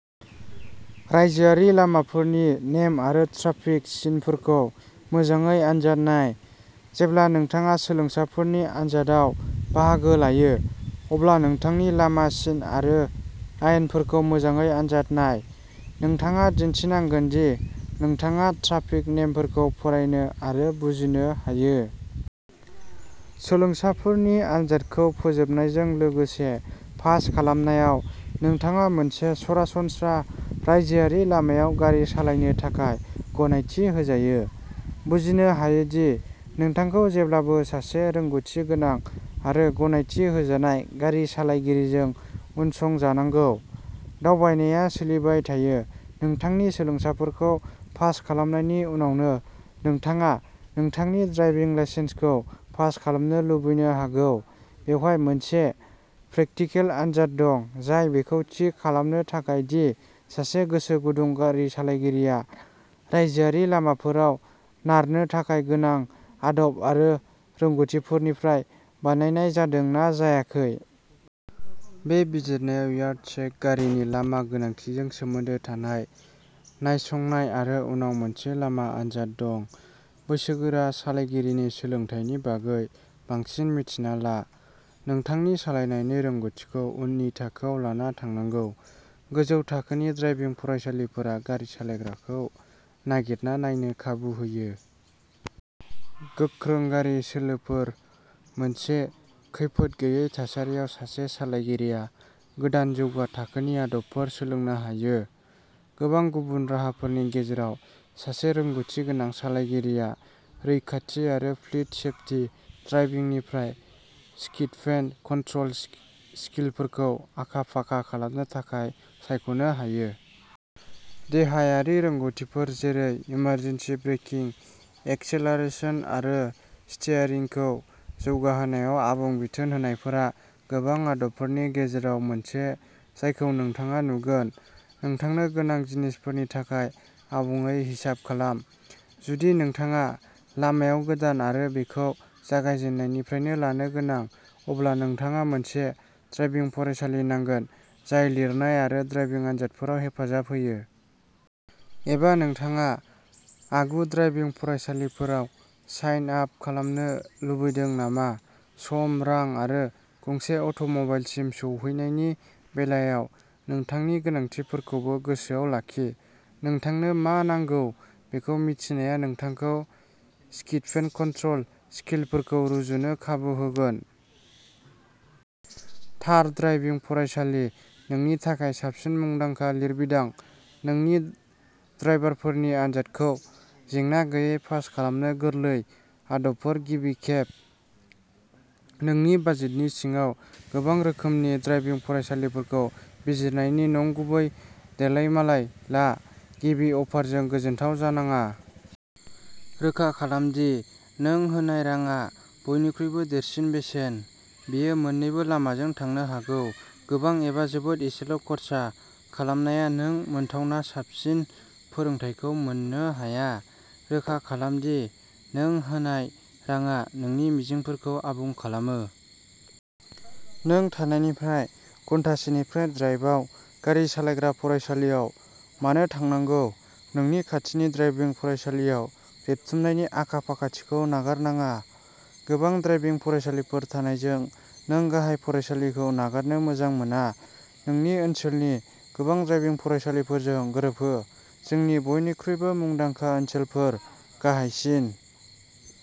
रायजोआरि लामाफोरनि नेम आरो ट्राफिक सिनफोरखौ मोजाङै आनजाद नाय। जेब्ला नोंथाङा सोलोंसाफोरनि आन्जादआव बाहागो लायो अब्ला नोंथांनि लामा सिन आरो आयेनफोरखौ मोजाङै आनजाद नाय। नोंथाङा दिन्थिनांगोन दि नोंथाङा ट्राफिक नेमफोरखौ फरायनो आरो बुजिनो हायो। सोलोंसाफोरनि आनजादखौ फोजोबनायजों लोगोसे पास खालामनायाव नोंथाङा मोनसे सरासनस्रा रायजोआरि लामायाव गारि सालायनो थाखाय गनायथि होजायो। बुजिनो हायो दि नोंथांखौ जेब्लाबो सासे रोंग'थिगोनां आरो गनायथि होजानाय गारि सालायगिरिजों उनसंजानांगौ। दावबायनाया सोलिबाय थायो नोंथांनि सोलोंसाफोरखौ पास खालामनायनि उनावनो नोंथाङा नोंथांनि ड्राइभिं लाइसेन्सखौ पास खालामनो लुबैनो हागौ बेवहाय मोनसे प्रेकटिकल आनजाद दं जाय बेखौ थि खालामनो थाखाय दि सासे गोसो गुदुं गारि सालायगिरिया रायजोआरि लामाफोराव नारनो थाखाय गोनां आदब आरो रोंग'थिफोरनिफ्राय बानायनाय जादों ना जायाखै। बे बिजिरनाया यार्ड चेक गारिनि लामा गोनांथिजों सोमोन्दो थानाय नायसंनाय आरो उनाव मोनसे लामा आनजाद दं। बैसोगोरा सालायगिरिनि सोलोंथायनि बागै बांसिन मिन्थिना ला। नोंथांनि सालायनायनि रोंग'थिखौ उननि थाखोआव लाना थांनांगौ गोजौ थाखोनि ड्राइभिं फरायसालिफोरा गारि सालायग्राखौ नागिरना नायनो खाबु होयो। गोख्रों गारि सोलोफोर मोनसे खैफोद गैयै थासारियाव सासे सालायगिरिया गोदान जौगा थाखोनि आदबफोर सोलोंनो हायो। गोबां गुबुन राहाफोरनि गेजेराव सासे रोंग'थि गोनां सालायगिरिया रैखाथि आरो फ्लीट सेफटि ड्राइभिंनिफ्राय स्किडपेन कन्ट्रल स्किलफोरखौ आखा फाखा खालामनो थाखाय सायख'नो हायो। देहायारि रोंग'थिफोर जेरै इमारजेन्सि ब्रेकिं एक्सेलारेशन आरो स्टीयारिंगखौ जौगाहोनायाव आबुं बिथोन होनायफोरा गोबां आदबफोरनि गेजेराव मोनसे जायखौ नोंथाङा नुगोन। नोंथांनो गोनां जिनिसफोरनि थाखाय आबुङै हिसाब खालाम। जुदि नोंथाङा लामायाव गोदान आरो बेखौ जागायजेननायनिफ्रायनो लानो गोनां अब्ला नोंथाङा मोनसे ड्राइभिं फरायसालि नांगोन जाय लिरनाय आरो ड्राइभिं आनजादफोराव हेफाजाब होयो। एबा नोंथाङा आगु ड्राइभिं फरायसालिफोराव साइन आप खालामनो लुबैदों नामा सम रां आरो गंसे अट'मबाइलसिम सौहैनायनि बेलायाव नोंथांनि गोनांथिफोरखौबो गोसोआव लाखि। नोंथांनो मा नांगौ बेखौ मिथिनाया नोंथांखौ स्किडपेन कन्ट्रल स्किलफोरखौ रुजुनो खाबु होगोन। थार ड्राइभिं फरायसालि नोंनि थाखाय साबसिन मुंदांखा लिरबिदां नोंनि ड्राइभारफोरनि आनजादखौ जेंना गैयै पास खालामनो गोरलै आदबफोर गिबि खेब। नोंनि बाजेटनि सिङाव गोबां रोखोमनि ड्राइभिं फरायसालिफोरखौ बिजिरनायनि नंगुबै देलायमालाय ला। गिबि अफारजों गोजोनथाव जानाङा। रोखा खालाम दि नों होनाय राङा बयनिख्रुइबो देरसिन बेसेन। बेयो मोन्नैबो लामाजों थांनो हागौ गोबां एबा जोबोद एसेल'खर्सा खालामनाया नों मोनथावना साबसिन फोरोंथायखौ मोननो हाया। रोखा खालाम दि नों होनाय राङा नोंनि मिजिंफोरखौ आबुं खालामो। नों थानायनिफ्राय घन्टासेनि ड्राइभआव गारि सालायग्रा फरायसालियाव मानो थांनांगौ नोंनि खाथिनि ड्राइभिं फरायसालियाव रेबथुमनायनि आखा फाखाथिखौ नागारनाङा। गोबां ड्राइभिं फरायसालिफोर थानायजों नों गाहाय फरायसालिखौ नागारनो मोजां मोना। नोंनि ओनसोलनि गोबां ड्राइभिं फरायसालिफोरजों गोरोबहो। जोंनि बयनिख्रुइबो मुंदांखा ओनसोलफोर गाहायसिन।